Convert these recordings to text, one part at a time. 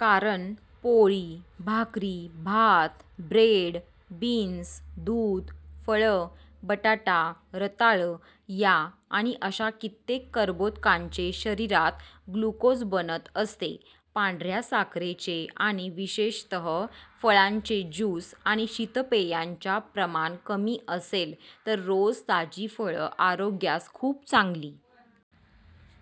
कारण पोळी, भाकरी, भात, ब्रेड, बीन्स, दूध, फळं, बटाटा, रताळं या आणि अशा कित्येक कर्बोदकांचे शरीरात ग्लुकोज बनत असते. पांढऱ्या साखरेचे आणि विशेषतः फळांचे जूस आणि शीतपेयांच्या प्रमाण कमी असेल तर रोज ताजी फळं आरोग्यास खूप चांगली.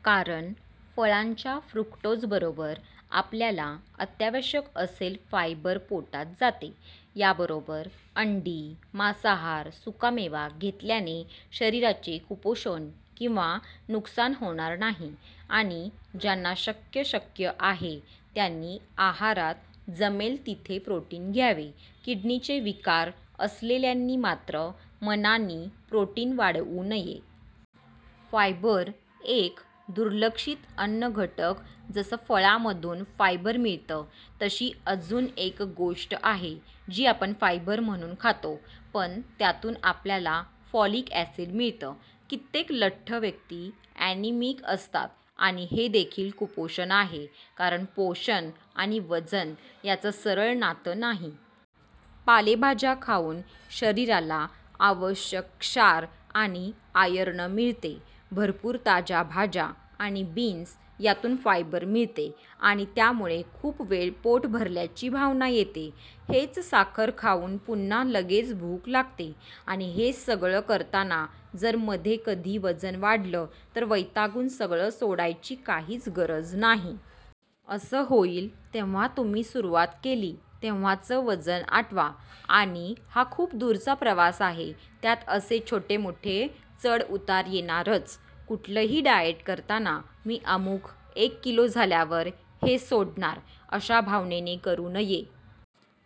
कारण फळांच्या फ्रुकटोजबरोबर आपल्याला अत्यावश्यक असेल फायबर पोटात जाते. याबरोबर अंडी, मांसाहार, सुकामेवा घेतल्याने शरीराचे कुपोषण किंवा नुकसान होणार नाही. आणि ज्यांना शक्य शक्य आहे त्यांनी आहारात जमेल तिथे प्रोटीन घ्यावे. किडनीचे विकार असलेल्यांनी मात्र मनानी प्रोटीन वाढवू नये. फायबर: एक दुर्लक्षित अन्नघटकजसं फळांमधून फायबर मिळतं तशी अजून एक गोष्ट आहे जी आपण फायबर म्हणून खातो पण त्यातून आपल्याला फॉलीक ऍसिड मिळतं. कित्येक लठ्ठ व्यक्ती ऍनिमिक असतात. आणि हेदेखील कुपोषण आहे. कारण पोषण आणि वजन याचं सरळ नातं नाही. पालेभाज्या खाऊन शरीराला आवश्यक क्षार आणि आयर्न मिळते. भरपूर ताज्या भाज्या आणि बीन्स यातून फायबर मिळते आणि त्यामुळे खूप वेळ पोट भरल्याची भावना येते. हेच साखर खाऊन पुन्हा लगेच भूक लागते. आणि हे सगळं करताना जर मध्ये कधी वजन वाढलं, तर वैतागून सगळं सोडायची काहीच गरज नाही. असं होईल तेव्हा तुम्ही सुरुवात केली तेव्हाच वजन आठवा. आणि हा खूप दूरचा प्रवास आहे. त्यात असे छोटे मोठे चढ उतार येणारच! कुठलंही डाएट करताना "मी अमुक एक किलो झाल्यावर हे सोडणार" अशा भावनेने करू नये.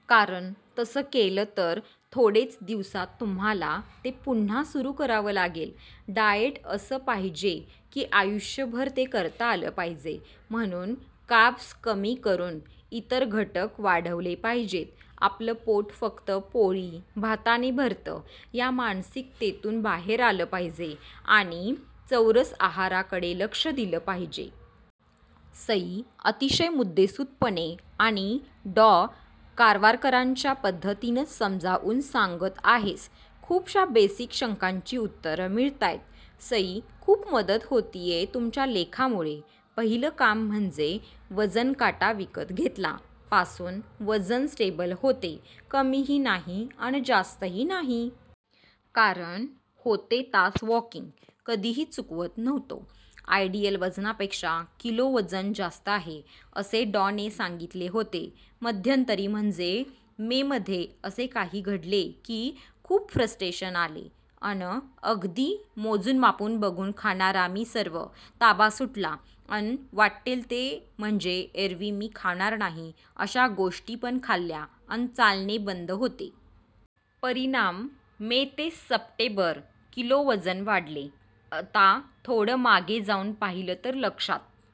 कारण तसं केलं तर थोडेच दिवसात तुम्हाला ते पुन्हा सुरु करावं लागेल. डाएट असं पाहिजे की आयुष्यभर ते करता आलं पाहिजे. म्हणून कार्ब्स कमी करून इतर घटक वाढवले पाहिजेत. आपलं पोट फक्त पोळी, भाताने भरतं या मानसिकतेतून बाहेर आलं पाहिजे आणि चौरस आहाराकडे लक्ष दिलं पाहिजे. सई, अतिशय मुद्देसुदपणे आणि डॉ. कारवारकरांच्या पद्धतीनंच समजावून सांगत आहेस. खुपशा बेसिक शंकांची उत्तरं मिळतायत. सई खूप मदत होतीये तुमच्या लेखांमुळे. पहीलं काम म्हणजे वजन काटा विकत घेतला. पासून वजन स्टेबल होते. कमीही नाही अन जास्तही नाही. कारण होते तास वॉकींग. कधीही चुकवत नव्हतो. आयडीयल वजनापेक्षा किलो वजन जास्त आहे असे डॉ ने सांगितले होते. मध्यंतरी म्हणजे मे मधे असे काही घडले की खुप फ्रस्टेशन आले अन अगदी मोजुन मापुन बघुन खाणारा मीसर्व ताबा सुटला अन वाट्टेल ते म्हणजे एअरवी मी खाणार नाही अशा गोष्टी पण खाल्ल्या अन चालणे बंद होते. परीणाम मे ते सप्टेबर. किलो वजन वाढले. अता थोडं मागे जाउन पाहीलं तर लक्षात